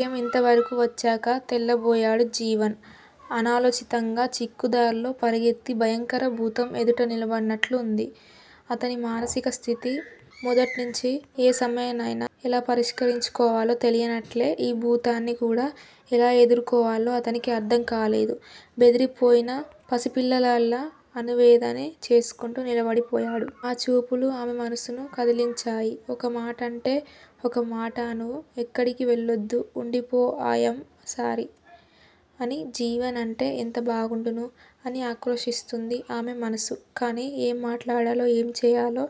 విషయం ఇంతవరకు వచ్చాక తెల్లబోయాడు జీవన్. అనాలోచితంగా చిక్కు దారుల్లో పరుగెత్తి భయంకర భూతం ఎదుట నిలబడినట్లుంది అతని మానసిక స్థితి. మొదట్నుంచి ఏ సమస్యనైనా ఎలా పరిష్కరించుకోవాలో తెలియనట్లే ఈ భూతాన్ని కూడా ఎలా ఎదుర్కోవాలో అతనికి అర్ధం కాలేదు. బెదిరిపోయిన పసిపిల్లాడిలా అణువేదని చూస్తూ నిలబడిపోయాడు. ఆ చూపులు ఆమె మనస్సును కదిలించాయి. ఒక్కమాటంటే ఒక్క మాట నువు ఎక్కడికి వెళ్లొద్దు వుండిపో ఆయామ్ సారీ! అని జీవన్ అంటే ఎంత బాగుండును? అని ఆక్రోశిస్తోంది ఆమె మనస్సు. కని ఏం మాట్లాడాలో, ఏం చెయ్యాలో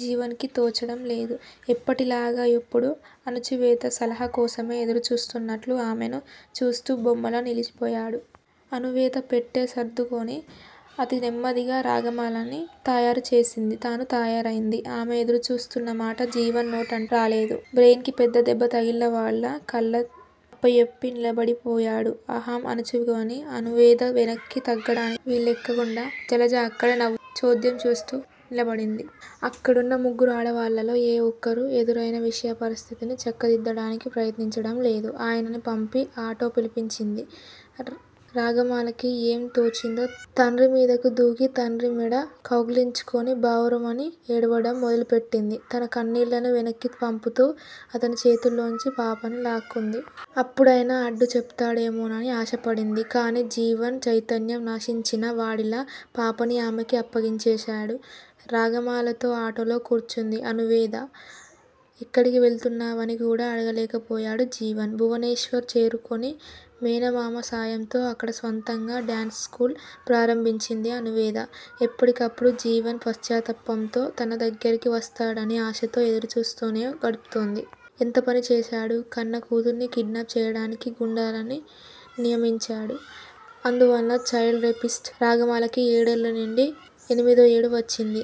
జీవన్ కి తోచడం లేదు. ఎప్పటిలాగా యిప్పుడు అణువేద సలహా కోసమే ఎదురు చూస్తున్నట్లు ఆమెనే చూస్తూ బొమ్మలా నిలబడిపోయాడు. అణువేద పెట్టె సర్దుకుంది. అతి నెమ్మదిగా రాగమాలని తయారుచేసింది. తను తయారైంది. ఆమె ఎదురుచూస్తున్న మాట జీవన్ నోటంట రాలేదు. బ్రెయిన్ కి పెద్ద దెబ్బ తగిలినవాడిలా కళ్ళప్పజెప్పి నిలబడిపోయాడు. అహం అణచుకొని అణువేద వెనక్కి తగ్గడానికి వీల్లేకుండా జలజ అక్కడే నవుతూ చోద్యం చూస్తూ నిలబడింది. అక్కడున్న ముగ్గురు ఆడవాళ్ళలో ఏ వోక్కరు ఎదురైనా విషమ పరిస్థితి చక్కదిద్దడానికి ప్రయత్నించడంలేదు. అయాని పంపి అటో పిలిపించింది. రాగమాలకి ఏం తోచిందో తండ్రి మీదకు దూకి తండ్రి మెడ కౌగలించుకుని బావురుమని ఏడవడం మొదలుపెట్టింది. తన కన్నీళ్ళని వెనక్కి పంపుతూ అతని చేతుల్లోంచి పాపని లాక్కుంది. అప్పుడైనా అడ్డు చెప్తాడేమోనని ఆశపడింది. కని జీవన్ చైతన్యం నశించినా వాడిలా పాపని ఆమెకి అప్పగించేశాడు. రాగమాలతో ఆటోలో కూర్చుంది. అణువేద. ఎక్కడికి వెళ్తున్నావని కూడా అడగలేకపోయాడు జీవన్. భువనేశ్వర్ చేరుకొని మేనమామ సాయంతో అక్కడ స్వంతంగా డాన్సు స్కూలు ప్రారంభించింది అణువేద. ఎప్పటికప్పుడు జీవన్ పశ్చాత్తాపంతో తన దగ్గరికి వస్తాడని ఆశతో ఎదురు చూస్తోనే గడుపుతోంది. ఎంతపని చేశాడు. కన్న కూతురిని కిడ్నాప్ చెయ్యడానికి గుండాలని నియమించాడు. అందులోను చైల్డ్ రేపిస్ట్. రాగమాలకి ఏడేళ్ళు నిండి ఎనిమిదో ఏడు వచ్చింది.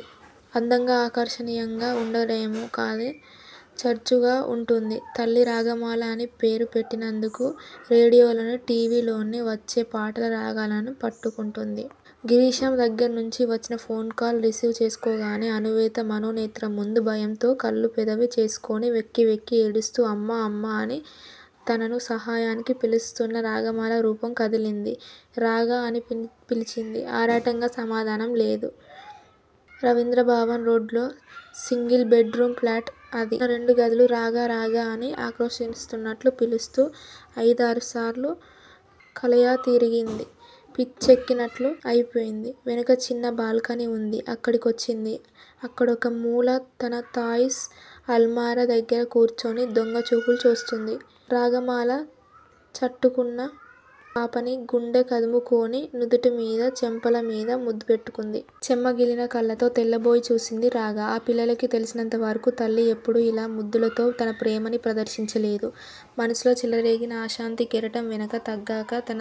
అందంగా ఆకర్షనియంగా వుండడమే కాదు చురుగ్గా వుంటుంది. తల్లి రాగమాల అని పేరు పెట్టినందుకు రేడియోలోను టి. వి. ల్లోనూ వచ్చే పాటల రాగాలన్నీ పట్టుకుంటుంది. గిరీశం దగ్గరనుంచి వచ్చిన ఫోన్ కాల్ రిసీవ్ చేసుకోగానే అణువేద మనోనేత్రం ముందు భయంతో కళ్ళు పెద్దవి చేసుకొని వెక్కి వెక్కి ఏడుస్తూ, అమ్మా! అమ్మా! అని తనను సహాయానికి పిలుస్తోన్న రాగమాల రూపం కదిలింది. రాగా! అని పిలిచింది. ఆరాటంగా సమాధానం రాలేదు. రవీంద్రభవన్ రోడ్డులో సింగిల్ బెడ్ రూమ్ ప్లాట్ అది. ఉన్న రెండు గదులు రాగా! రాగా! అని ఆక్రోశిస్తున్నట్లు పిలుస్తూ ఐదారుసార్లు కలయతిరిగింది. పిచ్చెక్కినట్లు అయిపొయింది. వెనక చిన్న బాల్కాని వుంది అక్కడి కొచ్చింది. అక్కడొక మూల తన తాయిస్ అల్మారా దగ్గర కూర్చుని దొంగ చూపులు చూస్తోంది రాగమాల. చటుక్కున పాపని గుండె కదుముకుని నుదుటి మీద, చెంపల మీద ముద్దు పెట్టుకుంది. చెమ్మగిల్లిన కళ్ళతో తెల్లబోయి చూసింది రాగ. ఆ పిల్లకి తెలిసినంతవరకు, తల్లి యెప్పుడు ఇలా ముద్దులుతో తన ప్రేమని ప్రదర్శించలేదు. మనులో చెలరేగిన అశాంతి కెరటం వెనక్కి తగ్గాక తన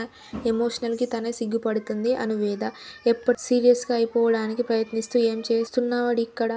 ఎమోషన్సుకి తనే సిగ్గుపడింది అణువేద. ఎప్పటిలా సీరియస్ గా అయిపోవడానికి ప్రయత్నిస్తూ ఏం చేస్తున్నావిక్కడ?